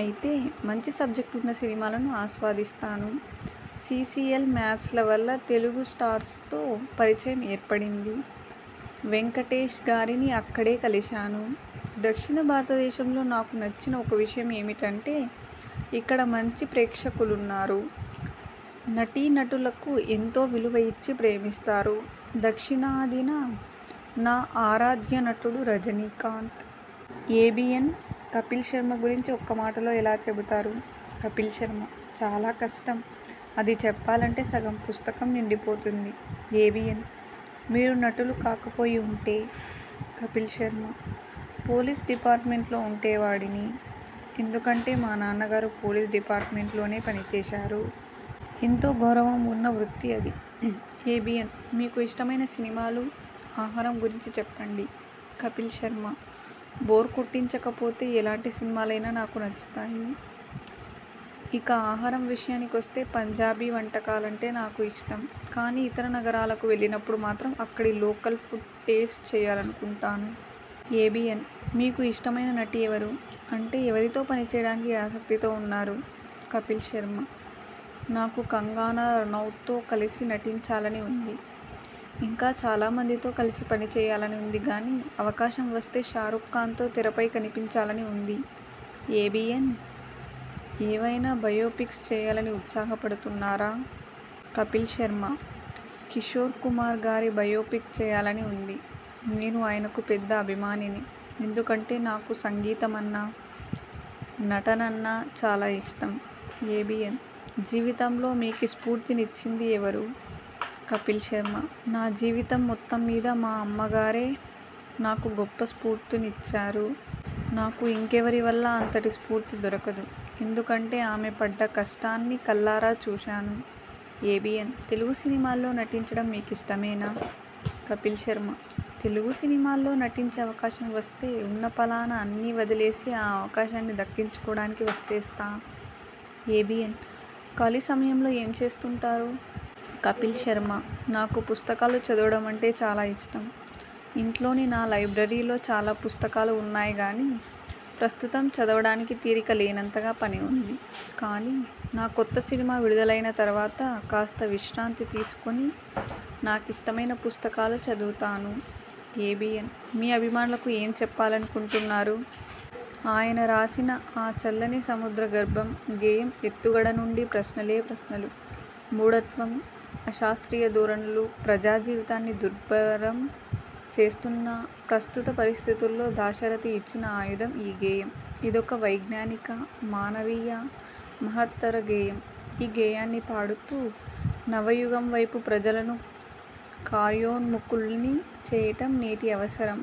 అయితే, మంచి సబ్జెక్ట్ ఉన్న సినిమాలను ఆస్వాదిస్తాను. సీసీఎల్ మ్యాచ్ల వల్ల తెలుగు స్టార్స్తో పరిచయం ఏర్పడింది. వెంకటేశ్గారిని అక్కడే కలిశాను. దక్షిణ భారతదేశంలో నాకు నచ్చిన ఒక విషయం ఏమిటంటే, ఇక్కడ మంచి ప్రేక్షకులున్నారు. నటీనటులకు ఎంతో విలువ ఇచ్చి ప్రేమిస్తారు. దక్షిణాదిన నా ఆరాధ్యనటుడు రజనీకాంత్. ఏబీఎన్: కపిల్ శర్మ గురించి ఒక్క మాటలో ఎలా చెబుతారు? కపిల్ శర్మ: చాలా కష్టం. అది చెప్పాలంటే సగం పుస్తకం నిండిపోతుంది. ఏబీఎన్: మీరు నటులు కాకపోయి ఉంటే? కపిల్ శర్మ: పోలీస్ డిపార్ట్మెంట్లో ఉంటేవాడిని. ఎందుకంటే, మా నాన్నగారు పోలీస్ డిపార్ట్మెంట్లోనే పనిచేశారు. ఎంతో గౌరవం ఉన్న వృత్తి అది. ఏబీఎన్: మీకు ఇష్టమైన సినిమాలు, ఆహారం గురించి చెప్పండి కపిల్ శర్మ: బోర్ కొట్టించకపోతే ఎలాంటి సినిమాలైనా నాకు నచ్చుతాయి. ఇక ఆహారం విషయానికొస్తే పంజాబీ వంటకాలంటే నాకు ఇష్టం. కానీ, ఇతర నగరాలకు వెళ్ళినప్పుడు మాత్రం అక్కడి లోకల్ ఫుడ్ టేస్ట్ చెయ్యాలనుకుంటాను. ఏబీఎన్: మీకు ఇష్టమైన నటి ఎవరు? అంటే, ఎవరితో పనిచేయడానికి ఆసక్తితో ఉన్నారు? కపిల్ శర్మ: నాకు కంగనా రనౌత్తో కలసి నటించాలని ఉంది. ఇంకా చాలామందితో కలసి పనిచెయ్యాలని ఉందిగానీ, అవకాశం వస్తే షారుఖ్ ఖాన్తో తెరపై కనిపించాలని ఉంది. ఏబీఎన్: ఏవైనా బయోపిక్స్ చేయాలని ఉత్సాహపడుతున్నారా? కపిల్ శర్మ: కిశోర్కుమార్ గారి బయోపిక్ చేయాలని ఉంది. నేను ఆయనకు పెద్ద అభిమానిని. ఎందుకంటే నాకు సంగీతమన్నా, నటనన్నా చాలా ఇష్టం. ఏబీఎన్: జీవితంలో మీకు స్ఫూర్తినిచ్చింది ఎవరు? కపిల్ శర్మ: నా జీవితం మొత్తం మీద మా అమ్మగారే నాకు గొప్ప స్ఫూర్తినిచ్చారు. నాకు ఇంకెవరి వల్లా అంతటి స్ఫూర్తి దొరకదు. ఎందుకంటే ఆమె పడ్డ కష్టాన్ని కళ్ళారా చూశాను. ఏబీఎన్: తెలుగు సినిమాల్లో నటించడం మీకిష్టమేనా? కపిల్ శర్మ: తెలుగు సినిమాల్లో నటించే అవకాశం వస్తే ఉన్నపళాన అన్నీ వదిలేసి ఆ అవకాశాన్ని దక్కించుకోవడానికి వచ్చేస్తా ఏబీఎన్: ఖాళీ సమయంలో ఏం చేస్తుంటారు? కపిల్ శర్మ: నాకు పుస్తకాలు చదవడమంటే చాలా ఇష్టం. ఇంట్లోని నా లైబ్రరీలో చాలా పుస్తకాలు ఉన్నాయి గానీ, ప్రస్తుతం చదవడానికి తీరిక లేనంతగా పని ఉంది. కానీ, నా కొత్త సినిమా విడుదలైన తర్వాత కాస్త విశ్రాంతి తీసుకుని నాకిష్టమైన పుస్తకాలు చదువుతాను. ఏబీఎన్: మీ అభిమానులకు ఏం చెప్పాలనుకుంటున్నారు? ఆయన రాసిన 'ఆ చల్లని సముద్ర గర్భం' గేయం ఎత్తుగడ నుండీ ప్రశ్నలే ప్రశ్నలు! మూఢత్వం, అశాస్ర్తీయ ధోరణులు ప్రజాజీవితాన్ని దుర్భరం చేస్తున్న ప్రస్తుత పరిస్థితుల్లో దాశరథి ఇచ్చిన ఆయుధం ఈ గేయం. ఇదొక వైజ్ఞానిక, మానవీయ, మహత్తర గేయం. ఈ గేయాన్ని పాడుతూ, నవయుగం వైపు ప్రజలను కార్యోన్ముఖుల్ని చేయటం నేటి అవసరం.